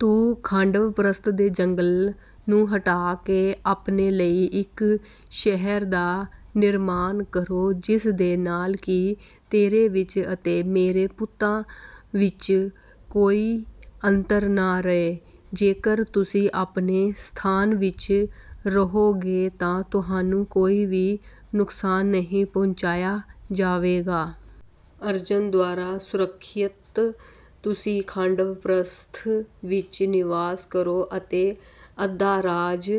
ਤੂੰ ਖਾਂਡਵਪ੍ਰਸਥ ਦੇ ਜੰਗਲ ਨੂੰ ਹਟਾ ਕੇ ਆਪਣੇ ਲਈ ਇੱਕ ਸ਼ਹਿਰ ਦਾ ਨਿਰਮਾਣ ਕਰੋ ਜਿਸਦੇ ਨਾਲ ਕਿ ਤੇਰੇ ਵਿੱਚ ਅਤੇ ਮੇਰੇ ਪੁੱਤਾਂ ਵਿੱਚ ਕੋਈ ਅੰਤਰ ਨਾ ਰਹੇ। ਜੇਕਰ ਤੁਸੀਂ ਆਪਣੇ ਸਥਾਨ ਵਿੱਚ ਰਹੋਗੇ ਤਾਂ ਤੁਹਾਨੂੰ ਕੋਈ ਵੀ ਨੁਕਸਾਨ ਨਹੀਂ ਪਹੁੰਚਾਇਆ ਜਾਵੇਗਾ। ਅਰਜਨ ਦੁਆਰਾ ਸੁਰੱਖਿਅਤ ਤੁਸੀਂ ਖਾਂਡਵਪ੍ਰਸਥ ਵਿੱਚ ਨਿਵਾਸ ਕਰੋ ਅਤੇ ਅੱਧਾ ਰਾਜ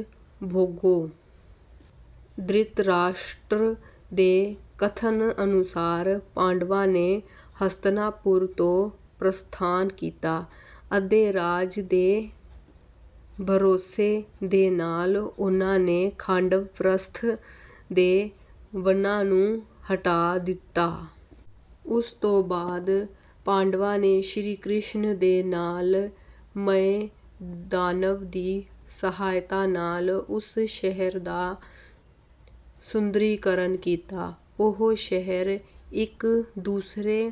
ਭੋਗੋ। ਧ੍ਰਿਤਰਾਸ਼ਟਰ ਦੇ ਕਥਨ ਅਨੁਸਾਰ ਪਾਂਡਵਾਂ ਨੇ ਹਸਤਨਾਪੁਰ ਤੋਂ ਪ੍ਰਸਥਾਨ ਕੀਤਾ। ਅੱਧੇ ਰਾਜ ਦੇ ਭਰੋਸੇ ਦੇ ਨਾਲ ਉਨ੍ਹਾਂ ਨੇ ਖਾਂਡਵਪ੍ਰਸਥ ਦੇ ਵਣਾਂ ਨੂੰ ਹਟਾ ਦਿੱਤਾ। ਉਸ ਤੋਂ ਬਾਅਦ ਪਾਂਡਵਾਂ ਨੇ ਸ਼੍ਰੀ ਕ੍ਰਿਸ਼ਨ ਦੇ ਨਾਲ ਮਯ ਦਾਨਵ ਦੀ ਸਹਾਇਤਾ ਨਾਲ ਉਸ ਸ਼ਹਿਰ ਦਾ ਸੁੰਦਰੀਕਰਨ ਕੀਤਾ। ਉਹ ਸ਼ਹਿਰ ਇੱਕ ਦੂਸਰੇ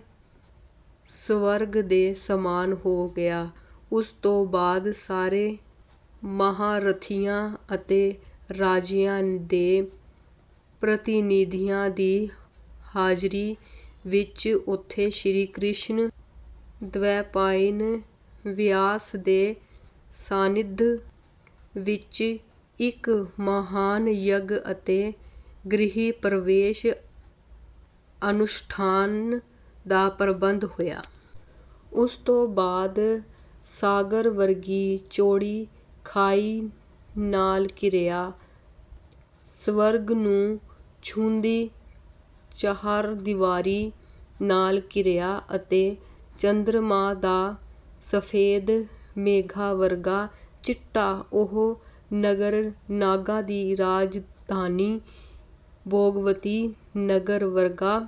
ਸਵਰਗ ਦੇ ਸਮਾਨ ਹੋ ਗਿਆ। ਉਸ ਤੋਂ ਬਾਅਦ ਸਾਰੇ ਮਹਾਰਥੀਆਂ ਅਤੇ ਰਾਜਿਆਂ ਦੇ ਪ੍ਰਤੀਨਿਧੀਆਂ ਦੀ ਹਾਜ਼ਰੀ ਵਿੱਚ ਉੱਥੇ ਸ਼੍ਰੀ ਕ੍ਰਿਸ਼ਨ ਦਵੈਪਾਇਨ ਵਿਆਸ ਦੇ ਸਾਨਿਧ ਵਿੱਚ ਇੱਕ ਮਹਾਨ ਯੱਗ ਅਤੇ ਗ੍ਰਹਿ ਪ੍ਰਵੇਸ਼ ਅਨੁਸ਼ਠਾਨ ਦਾ ਪ੍ਰਬੰਧ ਹੋਇਆ। ਉਸ ਤੋਂ ਬਾਅਦ ਸਾਗਰ ਵਰਗੀ ਚੌੜੀ ਖਾਈ ਨਾਲ ਘਿਰਿਆ ਸਵਰਗ ਨੂੰ ਛੂੰਹਦੀ ਚਹਾਰਦੀਵਾਰੀ ਨਾਲ ਘਿਰਿਆ ਅਤੇ ਚੰਦਰਮਾ ਦਾ ਸਫੇਦ ਮੇਘਾਂ ਵਰਗਾ ਚਿੱਟਾ ਉਹ ਨਗਰ ਨਾਗਾਂ ਦੀ ਰਾਜਧਾਨੀ ਭੋਗਵਤੀ ਨਗਰ ਵਰਗਾ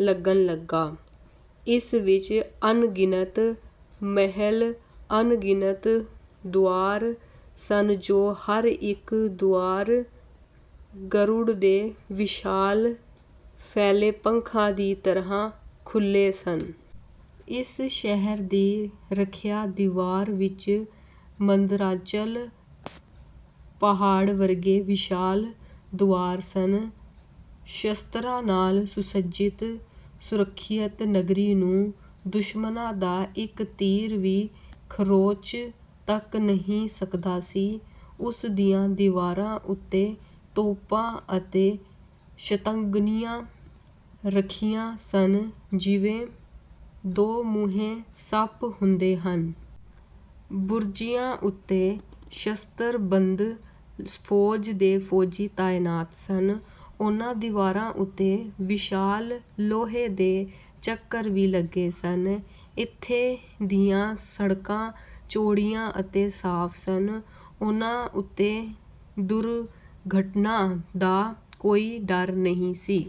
ਲੱਗਣ ਲੱਗਾ। ਇਸ ਵਿੱਚ ਅਣਗਿਣਤ ਮਹਿਲ ਅਣਗਿਨਤ ਦੁਆਰ ਸਨ ਜੋ ਹਰ ਇੱਕ ਦੁਆਰ ਗਰੁੜ ਦੇ ਵਿਸ਼ਾਲ ਫੈਲੇ ਪੰਖਾਂ ਦੀ ਤਰ੍ਹਾਂ ਖੁੱਲੇ ਸਨ। ਇਸ ਸ਼ਹਿਰ ਦੀ ਰੱਖਿਆ ਦੀਵਾਰ ਵਿੱਚ ਮੰਦਰਾਚਲ ਪਹਾੜ ਵਰਗੇ ਵਿਸ਼ਾਲ ਦੁਆਰ ਸਨ। ਸ਼ਸਤਰਾਂ ਨਾਲ ਸੁਸੱਜਿਤ ਸੁਰੱਖਿਅਤ ਨਗਰੀ ਨੂੰ ਦੁਸ਼ਮਨਾਂ ਦਾ ਇੱਕ ਤੀਰ ਵੀ ਖਰੋਚ ਤੱਕ ਨਹੀਂ ਸਕਦਾ ਸੀ। ਉਸ ਦੀਆਂ ਦੀਵਾਰਾਂ ਉੱਤੇ ਤੋਪਾਂ ਅਤੇ ਸ਼ਤਘਨੀਆਂ ਰੱਖੀਆਂ ਸਨ ਜਿਵੇਂ ਦੋਮੁਹੇ ਸੱਪ ਹੁੰਦੇ ਹਨ। ਬੁਰਜੀਆਂ ਉੱਤੇ ਸ਼ਸਤਰਬੰਦ ਫੌਜ ਦੇ ਫੌਜੀ ਤਾਇਨਾਤ ਸਨ। ਉਨ੍ਹਾਂ ਦੀਵਾਰਾਂ ਉੱਤੇ ਵਿਸ਼ਾਲ ਲੋਹੇ ਦੇ ਚੱਕਰ ਵੀ ਲੱਗੇ ਸਨ। ਇੱਥੇ ਦੀਆਂ ਸੜਕਾਂ ਚੌੜੀਆਂ ਅਤੇ ਸਾਫ ਸਨ। ਉਨ੍ਹਾਂ ਉੱਤੇ ਦੁਰਘਟਨਾ ਦਾ ਕੋਈ ਡਰ ਨਹੀਂ ਸੀ।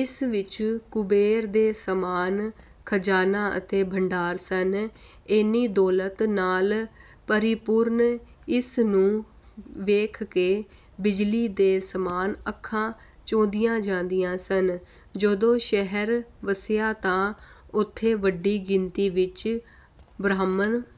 ਇਸ ਵਿੱਚ ਕੁਬੇਰ ਦੇ ਸਮਾਨ ਖਜ਼ਾਨਾ ਅਤੇ ਭੰਡਾਰ ਸਨ। ਇੰਨੀ ਦੌਲਤ ਨਾਲ ਪਰਿਪੂਰਨ ਇਸਨੂੰ ਵੇਖ ਕੇ ਬਿਜਲੀ ਦੇ ਸਮਾਨ ਅੱਖਾਂ ਚੌਧੀਆਂ ਜਾਂਦੀਆਂ ਸਨ। ਜਦੋਂ ਸ਼ਹਿਰ ਵਸਿਆ ਤਾਂ ਉੱਥੇ ਵੱਡੀ ਗਿਣਤੀ ਵਿੱਚ ਬ੍ਰਾਹਮਣ